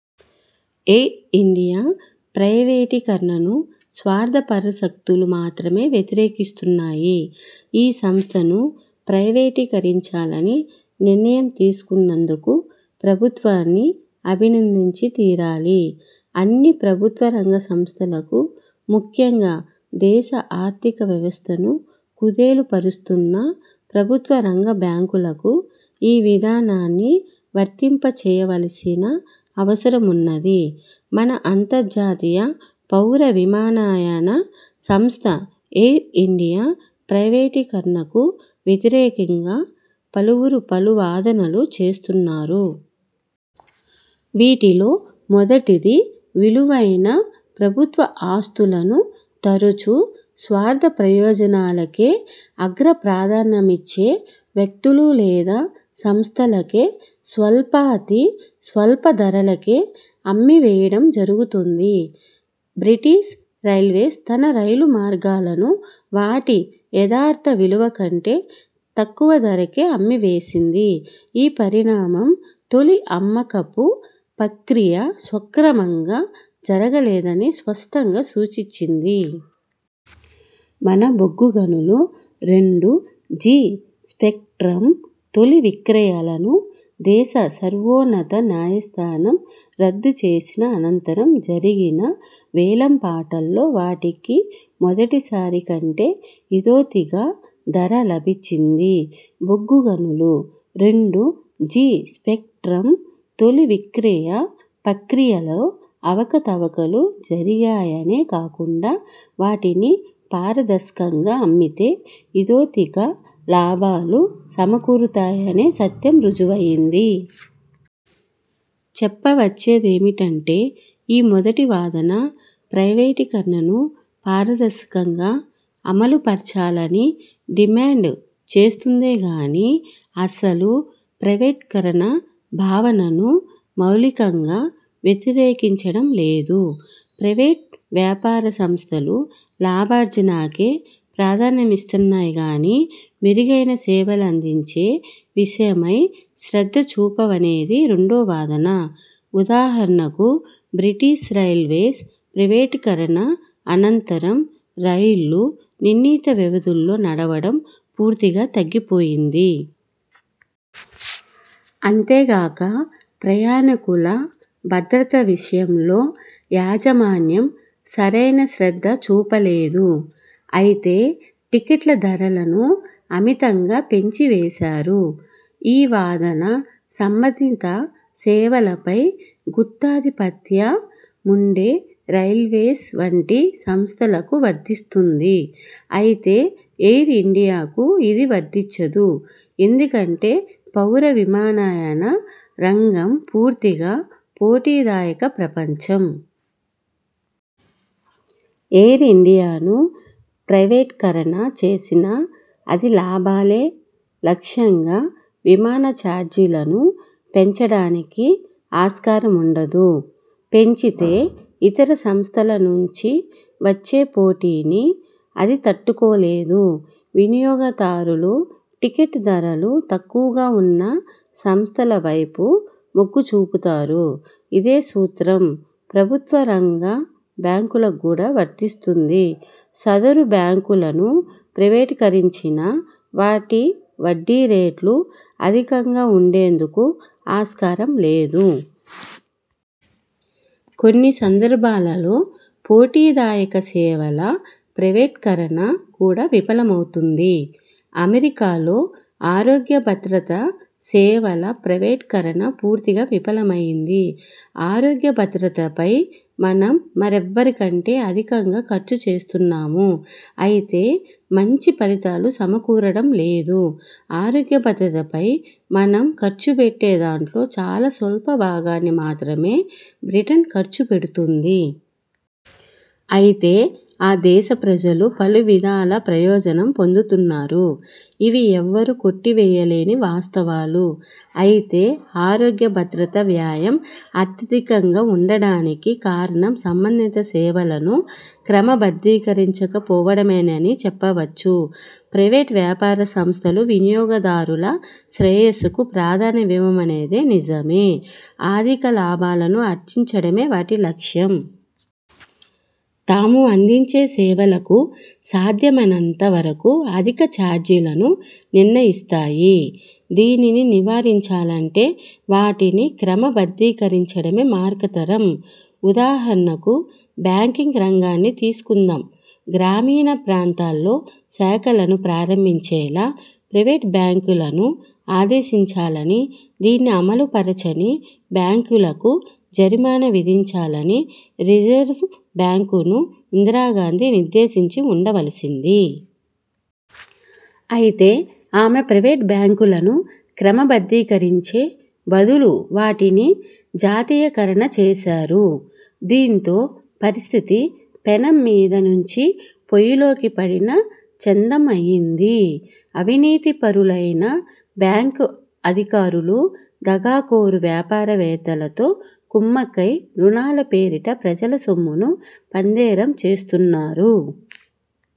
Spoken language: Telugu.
ఎయిర్ ఇండియా ప్రైవేటీకరణను స్వార్థపర శక్తులు మాత్రమే వ్యతిరేకిస్తున్నాయి. ఈ సంస్థను ప్రైవేటీకరించాలని నిర్ణయం తీసుకున్నందుకు ప్రభుత్వాన్ని అభినందించి తీరాలి. అన్ని ప్రభుత్వరంగ సంస్థలకు, ముఖ్యంగా దేశ ఆర్థిక వ్యవస్థను కుదేలుపరుస్తున్న ప్రభుత్వ రంగ బ్యాంకులకు ఈ విధానాన్ని వర్తింపచేయవలసిన అవసరమున్నది. మన అంతర్జాతీయ పౌర విమానయాన సంస్థ ఎయిర్ ఇండియా ప్రైవేటీకరణకు వ్యతిరేకంగా పలువురు పలు వాదనలు చేస్తున్నారు. వీటిలో మొదటిది– విలువైన ప్రభుత్వఆస్తులను తరచు, స్వార్థప్రయోజనాలకే అగ్ర ప్రాధాన్యమిచ్చే వ్యక్తులు లేదా సంస్థలకే స్వల్పాతి స్వల్ప ధరలకే అమ్మివేయడం జరుగుతోంది. బ్రిటిష్ రైల్వేస్ తన రైలు మార్గాలను వాటి యథార్థ విలువ కంటే తక్కువ ధరకే అమ్మివేసింది. ఈ పరిణామం, తొలి అమ్మకపు ప్రక్రియ సక్రమంగా జరగలేదని స్పష్టంగా సూచించింది. మన బొగ్గు గనులు, రెండు జీ స్పెక్ట్రమ్ తొలి విక్రయాలను దేశ సర్వోన్నత న్యాయస్థానం రద్దు చేసిన అనంతరం జరిగిన వేలం పాటల్లో వాటికి మొదటిసారి కంటే ఇతోధిక ధర లభించింది. బొగ్గు గనులు, రెండు జీ స్పెక్ట్రమ్ తొలి విక్రయ ప్రక్రియలో అవకతవకలు జరిగాయనే కాకుండా వాటిని పారదర్శకంగా అమ్మితే ఇతోధిక లాభాలు సమకూరుతాయనే సత్యం రుజువయింది. చెప్పవచ్చిందేమిటంటే ఈ మొదటి వాదన ప్రైవేటీకరణను పారదర్శకంగా అమలుపరచాలని డిమాండ్ చేస్తుందే గానీ అసలు ప్రైవేటీకరణ భావనను మౌలికంగా వ్యతిరేకించడం లేదు. ప్రైవేట్ వ్యాపార సంస్థలు లాభార్జనకే ప్రాధాన్యమిస్తాయిగానీ, మెరుగైన సేవలందించే విషయమై శ్రద్ధచూపవనేది రెండో వాదన. ఉదాహరణకు బ్రిటిష్ రైల్వేస్ ప్రైవేటీకరణ అనంతరం రైళ్ళు నిర్ణీతవ్యవధుల్లో నడవడం పూర్తిగా తగ్గిపోయింది. అంతేగాక ప్రయాణికుల భద్రత విషయంలో యాజమాన్యం సరైన శ్రద్ధ చూపలేదు. అయితే టిక్కెట్ల ధరలను అమితంగా పెంచివేశారు. ఈ వాదన, సంబంధిత సేవలపై గుత్తాధిపత్య ముండే రైల్వేస్ వంటి సంస్థలకు వర్తిస్తుంది. అయితే ఎయిర్ ఇండియాకు ఇది వర్తించదు. ఎందుకంటే పౌర విమానయాన రంగం పూర్తిగా పోటీదాయక ప్రపంచం. ఎయిర్ ఇండియాను ప్రైవేటీకరణ చేసినా అది లాభాలే లక్ష్యంగా విమానచార్జీలను పెంచడానికి ఆస్కారముండదు. పెంచితే ఇతరసంస్థల నుంచి వచ్చే పోటీని అది తట్టుకోలేదు. వినియోగదారులు టిక్కెట్ ధరలు తక్కువగా ఉన్న సంస్థల వైపు మొగ్గు చూపుతారు. ఇదే సూత్రం ప్రభుత్వరంగ బ్యాంకులకు కూడా వర్తిస్తుంది. సదరు బ్యాంకులను ప్రైవేటీకరించినా వాటి వడ్డీ రేట్లు అధికంగా ఉండేందుకు ఆస్కారం లేదు. కొన్ని సందర్భాలలో పోటీదాయక సేవల ప్రైవేటీకరణ కూడా విఫలమవుతుంది. అమెరికాలో ఆరోగ్యభద్రతా సేవల ప్రైవేటీకరణ పూర్తిగా విఫలమైంది. 'ఆరోగ్య భద్రతపై మనం మరెవ్వరికంటే అధికంగా ఖర్చు చేస్తున్నాము. అయితే మంచి ఫలితాలు సమకూరడం లేదు. ఆరోగ్యభద్రతపై మనం ఖర్చు పెట్టే దాంట్లో చాలా స్వల్ప భాగాన్ని మాత్రమే బ్రిటన్ ఖర్చు పెడుతోంది. అయితే ఆ దేశ ప్రజలు పలు విధాల ప్రయోజనం పొందుతున్నారు. ఇవి ఎవరూ కొట్టివేయలేని వాస్తవాలు. అయితే ఆరోగ్య భద్రతా వ్యయం అత్యధికంగా ఉండడానికి కారణం సంబంధిత సేవలను క్రమబద్ధీకరించక పోవడమేనని చెప్పవచ్చు. ప్రైవేట్ వ్యాపార సంస్థలు వినియోగదారుల శ్రేయస్సుకు ప్రాధాన్యమివ్వవనేది నిజమే. అధిక లాభాలను ఆర్జించడమే వాటి లక్ష్యం. తాము అందించే సేవలకు సాధ్యమైనంత వరకు అధిక చార్జీలను నిర్ణయిస్తాయి. దీనిని నివారించాలంటే వాటిని క్రమబద్ధీకరించడమే మార్గాంతరం. ఉదాహరణకు బ్యాంకింగ్ రంగాన్ని తీసుకుందాం. గ్రామీణ ప్రాంతాల్లో శాఖలను ప్రారంభించేలా ప్రైవేట్ బ్యాంకులను ఆదేశించాలని, దీన్ని అమలుపరచని బ్యాంకులకు జరిమానా విధించాలని రిజర్వ్ బ్యాంకును ఇందిరాగాంధీ నిర్దేశించి వుండవల్సింది. అయితే ఆమె ప్రైవేట్ బ్యాంకులను క్రమబద్ధీకరించే బదులు వాటిని జాతీయీకరణ చేశారు. దీంతో పరిస్థితి పెనం మీద నుంచి పొయ్యిలోకి పడిన చందమయింది. అవినీతిపరులైన బ్యాంకు అధికారులు, దగాకోరు వ్యాపారవేత్తలతో కుమ్మక్కై రుణాల పేరిట ప్రజల సొమ్మును పందేరం చేస్తున్నారు. ఈ